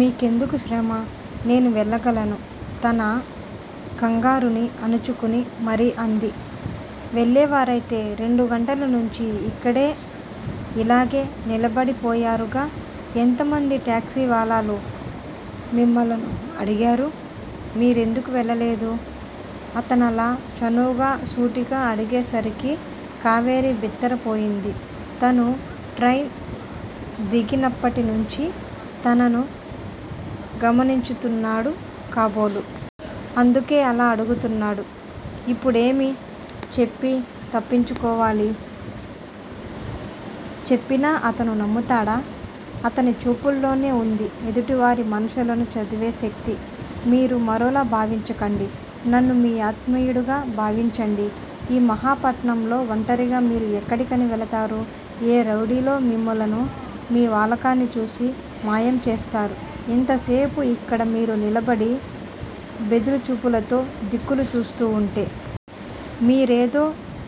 మీకెందుకు శ్రమ! నేను వెళ్ళగలను! తన కంగారుని అణుచుకుని మరీ అంది. వెళ్ళేవారయితే రెండు గంటల నుంచీ యిక్కడే ఇలాగే నిలబడిపోయారుగా? ఎంతమంది టాక్సీవాలాలు మిమ్ములను అడిగారు? మీరెందుకు వెళ్ళలేదూ? అతనలా చనువుగా సూటిగా అడిగే సరికి కావేరి బిత్తరపోయింది. తను ట్రైన్ దిగినప్పటినుంచీ తనను గమనించుతున్నాడు కాబోలు! అందుకే అలా అడుగుతున్నాడు? ఇప్పుడేమి చెప్పి తప్పించుకోవాలి? చెప్పినా అతను నమ్ముతాడా? అతని చూపుల్లోనే వుంది ఎదుటి వారి మనసులను చదివే శక్తి! మీరు మరోలా భావించకండి! నన్ను మీ ఆత్మీయుడుగా భావించండి! ఈ మహాపట్నంలో వంటరిగా మీరు ఎక్కడకని వెళతారు? ఏ రౌడీలో మిమ్ములను, మీ వాలకాన్ని చూసి మాయం చేస్తారు ఇంతసేపు యిక్కడ మీరు నిలబడి బెదురుచూపులుతో దిక్కులు చూస్తూ ఉంటే? మీరేదో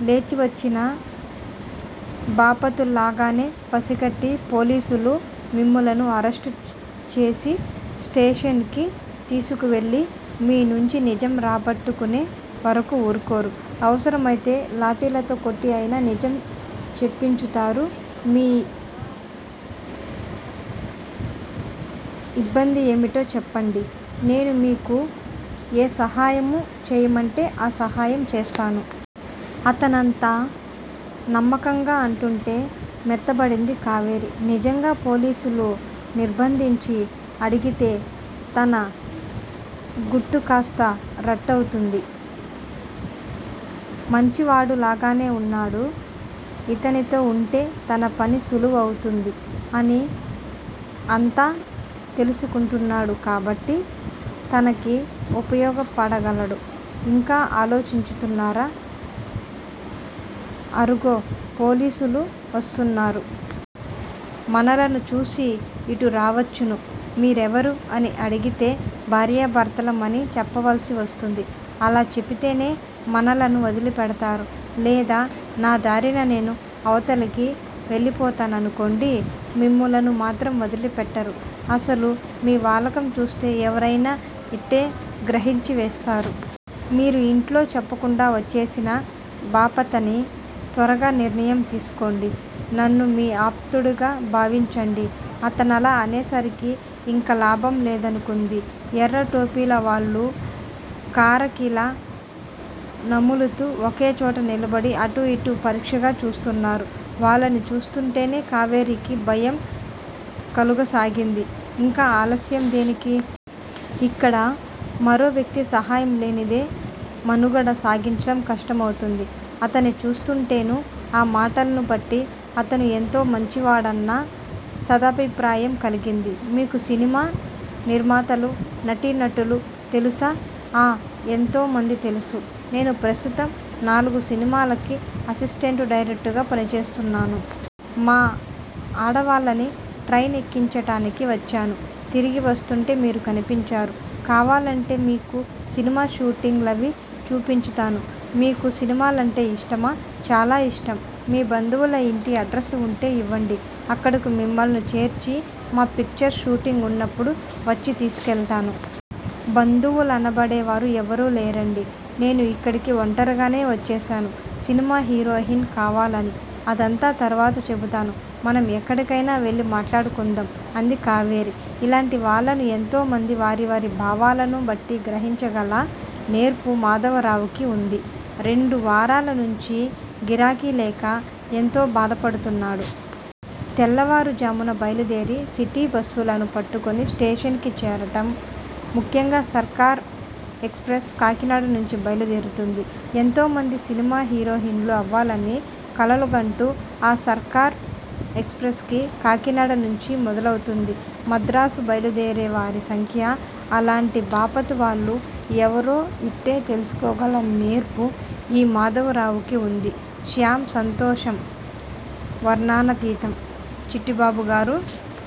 లేచివచ్చిన బాపతులాగానే పసిగట్టి పోలీసులు మిమ్ములను అరెస్టు చేసి స్టేషన్ కి తీసుకువెళ్ళి మీ నుంచి నిజం రాబట్టు కునే వరకూ ఊరుకోరు! అవసరం అయితే లాఠీలతో కొట్టి అయినా నిజం చెప్పించుతారు మీ యిబ్బంది ఏమిటో చెప్పండి! నేను మీకు ఏ సహాయము చేయమంటే ఆ సహాయం చేస్తాను! అతనంత నమ్మకంగా అంటుంటే మెత్తబడింది కావేరి! నిజంగా పోలీసులు నిర్బంధించి అడిగితే తన గుట్టు కాస్తా రట్టు అవుతుంది. మంచివాడులాగానే వున్నాడు. యితనితో వుంటే తన పని సులువు అవుతుంది. అన్నీ, అంతా తెలుసుకుంటున్నాడు కాబట్టి తనకి ఉపయోగపడగలడు. యింకా ఆలోచించుతున్నారా? అరుగో పోలీసులు వస్తున్నారు. మనలను చూసి యిటు రావచ్చును మీరెవరూ? అని అడిగితే భార్యాభర్తలం అని చెప్పావల్సి వస్తుంది. అలా చెపితేనే మనలను వదిలి పెడతారు. లేదా నా దారిన నేను అవతలికి వెళ్ళిపోతాననుకోండి! మిమ్ములను మాత్రం వదిలిపెట్టరు. అసలు మీ వాలకం చూస్తే ఎవరయినా యిట్టే గ్రహించి వేస్తారు. మీరు ఇంట్లో చెప్పకుండా వచ్చేసిన బాపతనీ! త్వరగా నిర్ణయం తీసుకోండి! నన్ను మీ ఆప్తుడుగా భావించండి! అతనలా అనేసరికి ఇంకా లాభం లేదనుకుంది. ఎర్ర టోపీల వాళ్ళు కారా కిళ్ళీ నములుతూ ఒకేచోట నిలబడి అటుఇటు పరీక్షగా చూస్తున్నారు. వాళ్ళని చూస్తుంటేనే కావేరీకి భయం కలుగసాగింది ఇంకా ఆలస్యం దేనికి? ఇక్కడ మరో వ్యక్తి సహాయం లేనిదే మనుగడ సాగించటం కష్టం అవుతుంది. అతన్ని చూస్తుంటేను, ఆ మాటలను బట్టి అతను ఎంతో మంచివాడన్న సదభిప్రాయం కలిగింది. మీకు సినిమా నిర్మాతలు, నటీ నటులూ తెలుసా? ఆ ఎంతో మంది తెలుసు! నేను ప్రస్తుతం నాలుగుసినిమాలకి అసిస్టెంటు డైరెక్టరుగా పనిచేస్తున్నాను. మా ఆడవాళ్ళని ట్రైన్ ఎక్కించటానికి వచ్చాను. తిరిగి వస్తుంటే మీరు కనిపించారు. కావాలంటే మీకు సినీమా షూటింగ్ లవీ చూపించుతాను. మీకు సినిమాలంటే ఇష్టమా? చాలా ఇష్టం! మీ బంధువుల ఇంటి అడ్రసు వుంటే ఇవ్వండి. అక్కడకు మిమ్ములను చేర్చి మా పిక్చర్ షూటింగ్ వున్నప్పుడు వచ్చి తీసుకెళ్తాను. బంధువులనబడేవారు ఎవరూ లేరండీ? నేను ఇక్కడికి వంటరిగానే వచ్చేశాను. సినిమా హీరోయిన్ ని కావాలని! అదంతా తరువాత చెప్పుతాను మనం ఎక్కడికయినా వెళ్ళి మాట్లాడుకుందాం అంది కావేరి. ఇలాంటి వాళ్ళను ఎంతో మంది వారి వారి భావాలను బట్టి గ్రహించగల నేర్పు మాధవరావుకి వుంది. రెండు వారాలనుంచి గిరాకీలేక ఎంతో బాధపడుతున్నాడు. తెల్లవారు ఝామున బయలుదేరి సిటీ బస్సులను పట్టుకుని స్టేషన్ కి చేరటం, ముఖ్యంగా సర్కార్ ఎక్స్ ప్రెస్ కాకినాడ నుంచి బయలు దేరుతుంది. ఎంతోమంది సినిమా హీరోయిన్ లు అవ్వాలని కలలుగంటూ ఆ సర్కార్ ఎక్స్ ప్రెస్ కి కాకినాడనుంచి మొదలవుతుంది మద్రాసు బయలుదేరే వారి సంఖ్య అలాంటి బాపతు వాళ్ళు ఎవరో ఇట్టే తెలుసుకోగల నేర్పు ఈ మాధవరావుకి వుంది. శ్యామ్ సంతోషం వర్ణనాతీతం. చిట్టిబాబుగారూ!